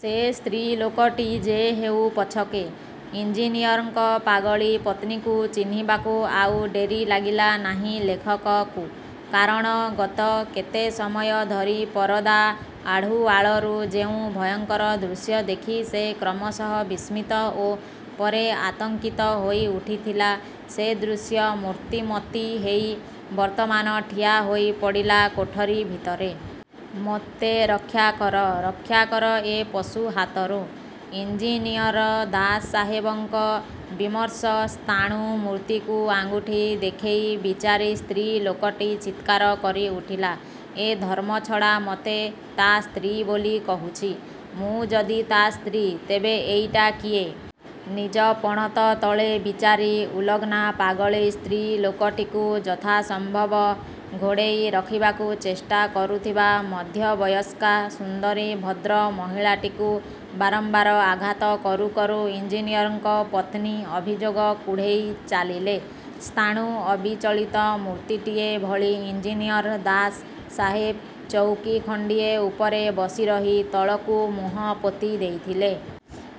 ସେ ସ୍ତ୍ରୀ ଲୋକଟି ଯେ ହେଉ ପଛକେ ଇଂଜିନିୟରଙ୍କ ପାଗଳୀ ପତ୍ନୀକୁ ଚିହ୍ନିବାକୁ ଆଉ ଡେରି ଲାଗିଲା ନାହିଁ ଲେଖକକୁ। କାରଣ ଗତ କେତେ ସମୟ ଧରି ପରଦା ଆଢ଼ୁଆଳରୁ ଯେଉଁ ଭୟଙ୍କର ଦୃଶ୍ୟ ଦେଖି ସେ କ୍ରମଶଃ ବିସ୍ମିତ ଓ ପରେ ଆତଙ୍କିତ ହୋଇ ଉଠିଥିଲା ସେ ଦୃଶ୍ୟ ମୂର୍ତ୍ତିମତି ହେଇ ବର୍ତ୍ତମାନ ଠିଆ ହୋଇ ପଡ଼ିଲା କୋଠରୀ ଭିତରେ। "ମତେ ରକ୍ଷା କର, ରକ୍ଷା କର ଏ ପଶୁ ହାତରୁ-", ଇଂଜିନିୟର ଦାସ୍ ସାହେବଙ୍କ ବିମର୍ଷ ସ୍ଥାଣୁ ମୂର୍ତ୍ତିକୁ ଆଙ୍ଗୁଠି ଦେଖେଇ ବିଚାରି ସ୍ତ୍ରୀ ଲୋକଟି ଚିତ୍କାର କରି ଉଠିଲା, ''ଏ ଧର୍ମଛଡ଼ା ମତେ ତା ସ୍ତ୍ରୀ ବୋଲି କହୁଛି। ମୁଁ ଯଦି ତା ସ୍ତ୍ରୀ ତେବେ ଏଇଟା କିଏ? " ନିଜ ପଣତ ତଳେ ବିଚାରି ଉଲଗ୍ନା ପାଗଳି ସ୍ତ୍ରୀ ଲୋକଟିକୁ ଯଥାସମ୍ଭବ ଘୋଡ଼େଇ ରଖିବାକୁ ଚେଷ୍ଟା କରୁଥିବା ମଧ୍ୟବୟସ୍କା ସୁନ୍ଦରୀ ଭଦ୍ର ମହିଳାଟିକୁ ବାରମ୍ବାର ଆଘାତ କରୁ କରୁ ଇଂଜିନିୟରଙ୍କ ପତ୍ନୀ ଅଭିଯୋଗ କୁଢ଼େଇ ଚାଲିଲେ। ସ୍ଥାଣୁ ଅବିଚଳିତ ମୂର୍ତ୍ତିଟିଏ ଭଳି ଇଂଜିନିୟର ଦାସ୍ ସାହେବ୍ ଚଉକି ଖଣ୍ଡିଏ ଉପରେ ବସିରହି ତଳକୁ ମୁହଁ ପୋତି ଦେଇଥିଲେ।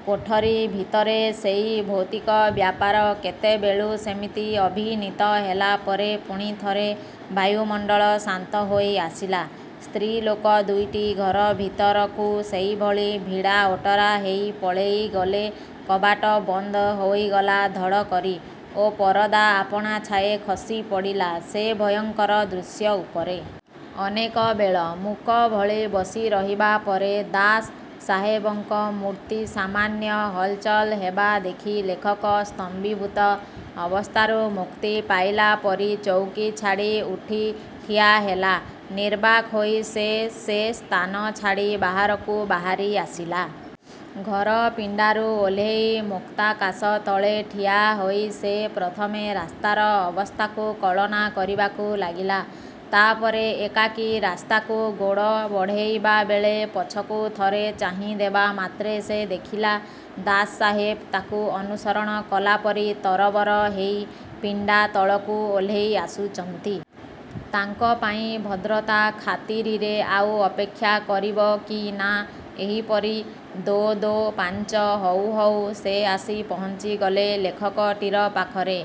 କୋଠାରୀ ଭିତରେ ସେଇ ଭୌତିକ ବ୍ୟାପାର କେତେବେଳୁ ସେମିତି ଅଭିନୀତ ହେଲା ପରେ ପୁଣି ଥରେ ବାୟୁମଣ୍ଡଳ ଶାନ୍ତ ହୋଇ ଆସିଲା। ସ୍ତ୍ରୀ ଲୋକ ଦୁଇଟି ଘର ଭିତରକୁ ସେଇଭଳି ଭିଡ଼ା ଓଟରା ହେଇ ପଳେଇ ଗଲେ କବାଟ ବନ୍ଦ ହୋଇଗଲା ଧଡ଼ କରି ଓ ପରଦା ଆପଣାଛାଏଁ ଖସି ପଡ଼ିଲା ସେ ଭୟଙ୍କର ଦୃଶ୍ୟ ଉପରେ। ଅନେକ ବେଳ। ମୂକ ଭଳି ବସି ରହିବା ପରେ ଦାସ୍ ସାହେବ୍ଙ୍କ ମୂର୍ତ୍ତି ସାମାନ୍ୟ ହଲ୍ଚଲ୍ ହେବା ଦେଖି ଲେଖକ ସ୍ତମ୍ଭୀଭୂତ ଅବସ୍ଥାରୁ ମୁକ୍ତି ପାଇଲା ପରି ଚଉକି ଛାଡ଼ି ଉଠି ଠିଆ ହେଲା। ନିର୍ବାକ୍ ହୋଇ ସେ ସେ ସ୍ଥାନ ଛାଡ଼ି ବାହାରକୁ ବାହାରି ଆସିଲା। ଘର ପିଣ୍ଡାରୁ ଓହ୍ଲେଇ ମୁକ୍ତାକାଶ ତଳେ ଠିଆ ହୋଇ ସେ ପ୍ରଥମେ ରାସ୍ତାର ଅବସ୍ଥାକୁ କଳନା କରିବାକୁ ଲାଗିଲା। ତାପରେ ଏକାକୀ ରାସ୍ତାକୁ ଗୋଡ଼ ବଢ଼େଇବା ବେଳେ ପଛକୁ ଥରେ ଚାହିଁ ଦେବା ମାତ୍ରେ ସେ ଦେଖିଲା ଦାସ୍ ସାହେବ୍ ତାକୁ ଅନୁସରଣ କଲାପରି ତରବର ହେଇ ପିଣ୍ଡା ତଳକୁ ଓହ୍ଲେଇ ଆସୁଚନ୍ତି। ତାଙ୍କ ପାଇଁ ଭଦ୍ରତା ଖାତିରିରେ ଆଉ ଅପେକ୍ଷା କରିବ କି ନା ଏହିପରି ଦୋଦୋପାଞ୍ଚ ହଉ ହଉ ସେ ଆସି ପହଞ୍ଚି ଗଲେ ଲେଖକଟିର ପାଖରେ।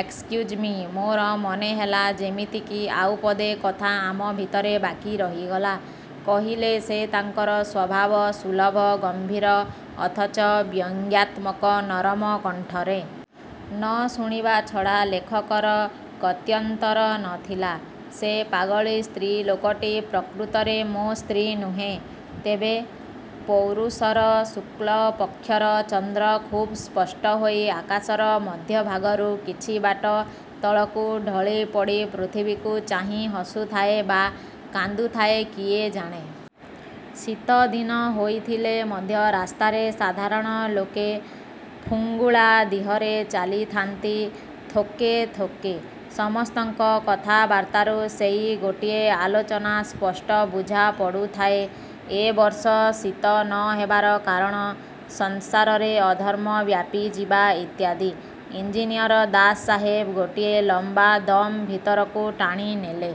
"ଏକ୍ସକ୍ୟୁଜ୍ ମି-ମୋର ମନେ ହେଲା ଯେମିତି କି ଆଉ ପଦେ କଥା ଆମ ଭିତରେ ବାକି ରହିଗଲା-", କହିଲେ ସେ ତାଙ୍କର ସ୍ୱଭାବ ସୁଲଭ ଗମ୍ଭୀର ଅଥଚ ବ୍ୟଙ୍ଗାତ୍ମକ ନରମ କଣ୍ଠରେ-। ନ ଶୁଣିବା ଛଡ଼ା ଲେଖକର ଗତ୍ୟନ୍ତର ନ ଥିଲା। "ସେ ପାଗଳୀ ସ୍ତ୍ରୀ ଲୋକଟି ପ୍ରକୃତରେ ମୋ ସ୍ତ୍ରୀ ନୁହେଁ-" "ତେବେ? " ପୌରୁଷର ଶୁକ୍ଳପକ୍ଷର ଚନ୍ଦ୍ର ଖୁବ୍ ସ୍ପଷ୍ଟ ହୋଇ ଆକାଶର ମଧ୍ୟଭାଗରୁ କିଛି ବାଟ ତଳକୁ ଢଳି ପଡ଼ି ପୃଥିବୀକୁ ଚାହିଁ ହସୁଥାଏ ବା କାନ୍ଦୁଥାଏ କିଏ ଜାଣେ। ଶୀତଦିନ ହୋଇଥିଲେ ମଧ୍ୟ ରାସ୍ତାରେ ସାଧାରଣ ଲୋକେ ଫୁଙ୍ଗୁଳା ଦିହରେ ଚାଲିଥାନ୍ତି ଥୋକେ ଥୋକେ। ସମସ୍ତଙ୍କ କଥାବାର୍ତ୍ତାରୁ ସେଇ ଗୋଟିଏ ଆଲୋଚନା ସ୍ପଷ୍ଟ ବୁଝା ପଡ଼ୁଥାଏ, ଏ ବର୍ଷ ଶୀତ ନ ହେବାର କାରଣ, ସଂସାରରେ ଅଧର୍ମ ବ୍ୟାପିଯିବା ଇତ୍ୟାଦି। ଇଂଜିନିୟର ଦାସ୍ ସାହେବ୍ ଗୋଟିଏ ଲମ୍ବା ଦମ୍ ଭିତରକୁ ଟାଣିନେଲେ।